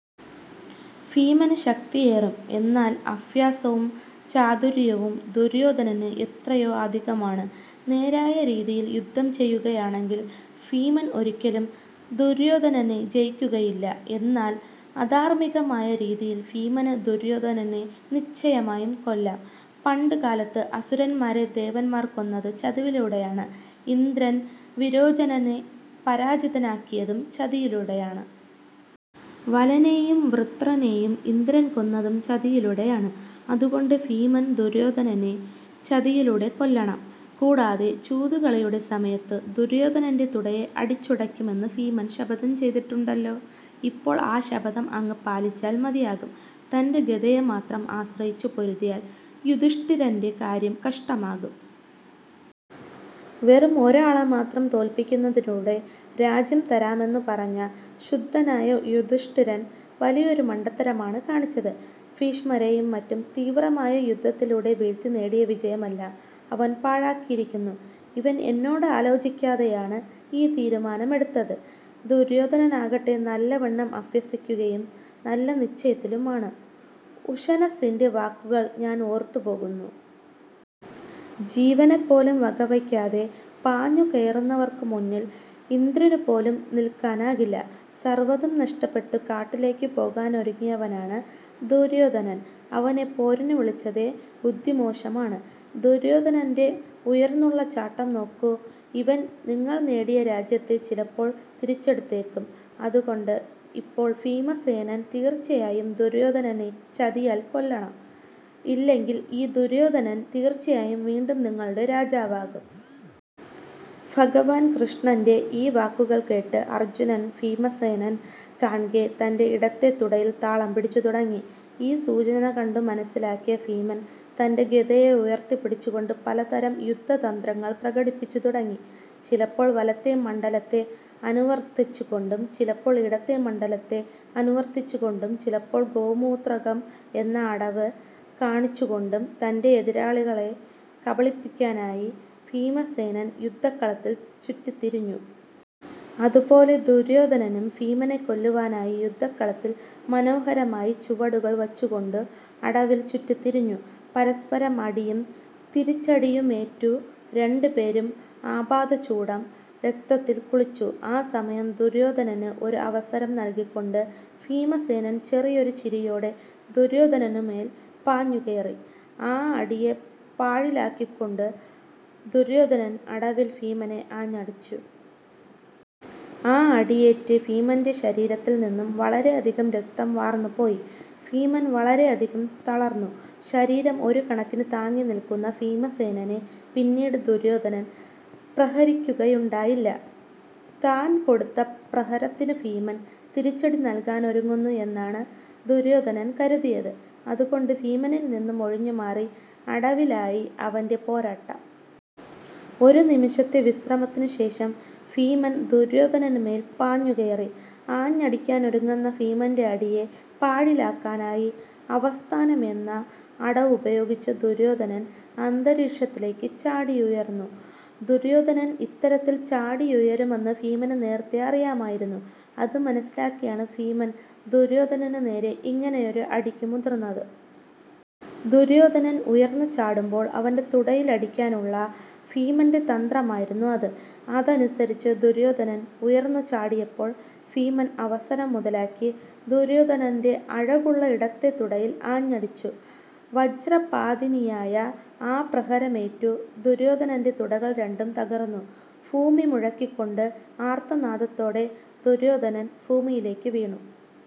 ഭീമന് ശക്തിയേറും. എന്നാൽ അഭ്യാസവും ചാതുര്യവും ദുര്യോധനന് എത്രയോ അധികമാണ്. നേരായ രീതിയിൽ യുദ്ധം ചെയ്യുകയാണെങ്കിൽ ഭീമൻ ഒരിക്കലും ദുര്യോധനനെ ജയിക്കുകയില്ല. എന്നാൽ അധാർമ്മികമായ രീതിയിൽ ഭീമന് ദുര്യോധനനെ നിശ്ചയമായും കൊല്ലാം. പണ്ട് കാലത്തു അസുരന്മാരെ ദേവന്മാർ കൊന്നത് ചതിവിലൂടെയാണ്. ഇന്ദ്രൻ വിരോചനനെ പരാജിതനാക്കിയതും ചതിയിലൂടെയാണ്. വലനെയും വൃത്രനേയും ഇന്ദ്രൻ കൊന്നതും ചതിയിലൂടെയാണ്. അതുകൊണ്ടു ഭീമൻ ദുര്യോധനനെ ചതിയിലൂടെ കൊല്ലണം. കൂടാതെ ചൂതുകളിയുടെ സമയത്തു ദുര്യോധനന്റെ തുടയെ അടിച്ചുടയ്ക്കുമെന്നു ഭീമൻ ശപഥം ചെയ്തിട്ടുണ്ടല്ലോ. ഇപ്പോൾ ആ ശപഥം അങ്ങ് പാലിച്ചാൽ മതിയാകും. തന്റെ ഗദയെ മാത്രം ആശ്രയിച്ചു പൊരുതിയാൽ യുധിഷ്ഠിരന്റെ കാര്യം കഷ്ടമാകും. വെറും ഒരാളെ മാത്രം തോല്പിക്കുന്നതിലൂടെ രാജ്യം തരാമെന്നു പറഞ്ഞ ശുദ്ധനായ യുധിഷ്ഠിരൻ വലിയൊരു മണ്ടത്തരമാണ് കാണിച്ചത്. ഭീഷ്മരെയും മറ്റും തീവ്രമായ യുദ്ധത്തിലൂടെ വീഴ്ത്തി നേടിയ വിജയമെല്ലാം അവൻ പാഴാക്കിയിരിക്കുന്നു. ഇവൻ എന്നോടാലോചിക്കാതെയാണ് ഈ തീരുമാനമെടുത്തത്. ദുര്യോധനനാകട്ടെ നല്ലവണ്ണം അഭ്യസിക്കുകയും നല്ല നിശ്ചയത്തിലുമാണ്. ഉഷനസ്സിന്റെ വാക്കുകൾ ഞാൻ ഓർത്തുപോകുന്നു. ജീവനെപ്പോലും വകവയ്ക്കാതെ പാഞ്ഞു കയറുന്നവർക്കുമുന്നിൽ ഇന്ദ്രനുപോലും നിൽക്കാനാകില്ല. സർവ്വതും നഷ്ടപ്പെട്ടു കാട്ടിലേക്ക് പോകാനൊരുങ്ങിയവനാണ് ദുര്യോധനൻ. അവനെ പോരിന് വിളിച്ചതേ ബുദ്ധിമോശമാണ്. ദുര്യോധനന്റെ ഉയർന്നുള്ള ചാട്ടം നോക്കൂ. ഇവൻ നിങ്ങൾ നേടിയ രാജ്യത്തെ ചിലപ്പോൾ തിരിച്ചെടുത്തേക്കും. അതുകൊണ്ടു ഇപ്പോൾ ഭീമസേനൻ തീർച്ചയായും ദുര്യോധനനെ ചതിയാൽ കൊല്ലണം. ഇല്ലെങ്കിൽ ഈ ദുര്യോധനൻ തീർച്ചയായും വീണ്ടും നിങ്ങളുടെ രാജാവാകും. " ഭഗവാൻ കൃഷ്ണന്റെ ഈ വാക്കുകൾ കേട്ട് അർജ്ജുനൻ ഭീമസേനൻ കാണ്കെ തന്റെ ഇടത്തെ തുടയിൽ താളം പിടിച്ചു തുടങ്ങി. ഈ സൂചന കണ്ടു മനസ്സിലാക്കിയ ഭീമൻ തന്റെ ഗദയെ ഉയർത്തിപ്പിടിച്ചുകൊണ്ടു പലതരം യുദ്ധതന്ത്രങ്ങൾ പ്രകടിപ്പിച്ചു തുടങ്ങി. ചിലപ്പോൾ വലത്തെ മണ്ഡലത്തെ അനുവർത്തിച്ചുകൊണ്ടും ചിലപ്പോൾ ഇടത്തെ മണ്ഡലത്തെ അനുവർത്തിച്ചുകൊണ്ടും ചിലപ്പോൾ ഗോമൂത്രകം എന്ന അടവ് കാണിച്ചുകൊണ്ടും തന്റെ എതിരാളിയെ കബളിപ്പിക്കാനായി ഭീമസേനൻ യുദ്ധക്കളത്തിൽ ചുറ്റിത്തിരിഞ്ഞു. അതുപോലെ ദുര്യോധനനും ഭീമനെ കൊല്ലുവാനായി യുദ്ധക്കളത്തിൽ മനോഹരമായി ചുവടുകൾ വച്ചുകൊണ്ടു അടവിൽ ചുറ്റിത്തിരിഞ്ഞു. പരസ്പരം അടിയും തിരിച്ചടിയുമേറ്റു രണ്ടുപേരും ആപാദചൂഡം രക്തത്തിൽ കുളിച്ചു. ആ സമയം ദുര്യോധനന് ഒരു അവസരം നല്കിക്കൊണ്ട് ഭീമസേനൻ ചെറിയൊരു ചിരിയോടെ ദുര്യോധനാനുമേൽ പാഞ്ഞു കയറി. ആ അടിയെ പാഴിലാക്കിക്കൊണ്ടു ദുര്യോധനൻ അടവിൽ ഭീമനെ ആഞ്ഞടിച്ചു. ആ അടിയേറ്റ് ഭീമന്റെ ശരീരത്തിൽ നിന്നും വളരെയധികം രക്തം വാർന്നു പോയി. ഭീമൻ വളരെയധികം തളർന്നു. ശരീരം ഒരു കണക്കിന് താങ്ങി നിൽക്കുന്ന ഭീമസേനനെ പിന്നീട് ദുര്യോധനൻ പ്രഹരിക്കുകയുണ്ടായില്ല. താൻ കൊടുത്ത പ്രഹരത്തിനു ഭീമൻ തിരിച്ചടി നൽകാനൊരുങ്ങുന്നു എന്നാണു ദുര്യോധനൻ കരുതിയത്. അതുകൊണ്ടു ഭീമനിൽ നിന്നും ഒഴിഞ്ഞു മാറി അടവിലായി അവന്റെ പോരാട്ടം. ഒരു നിമിഷത്തെ വിശ്രമത്തിനു ശേഷം ഭീമൻ ദുര്യോധനന് മേൽ പാഞ്ഞു കയറി. ആഞ്ഞടിക്കാനൊരുങ്ങുന്ന ഭീമന്റെ അടിയെ പാഴിലാക്കാനായി അവസ്ഥാനം എന്ന അടവുപയോഗിച്ചു ദുര്യോധനൻ അന്തരീക്ഷത്തിലേക്ക് ചാടിയുയർന്നു. ദുര്യോധനൻ ഇത്തരത്തിൽ ചാടിയുയരുമെന്നു ഭീമന് നേരത്തെ അറിയാമായിരുന്നു. അത് മനസ്സിലാക്കിയാണ് ഭീമൻ ദുര്യോധനന് നേരെ ഇങ്ങനെയൊരു അടിക്കു മുതിർന്നത്. ദുര്യോധനൻ ഉയർന്നു ചാടുമ്പോൾ അവന്റെ തുടയിലടിക്കാനുള്ള ഭീമന്റെ തന്ത്രമായിരുന്നു അത്. അതനുസരിച്ചു ദുര്യോധനൻ ഉയർന്നു ചാടിയപ്പോൾ ഭീമൻ അവസരം മുതലാക്കി ദുര്യോധനന്റെ അഴകുള്ള ഇടത്തെ തുടയിൽ ആഞ്ഞടിച്ചു. വജ്രപാതിനിയായ ആ പ്രഹരമേറ്റു ദുര്യോധനന്റെ തുടകൾ രണ്ടും തകർന്നു. ഭൂമി മുഴക്കിക്കൊണ്ട് ആർത്തനാദത്തോടെ ദുര്യോധനൻ ഭൂമിയിലേക്ക് വീണു.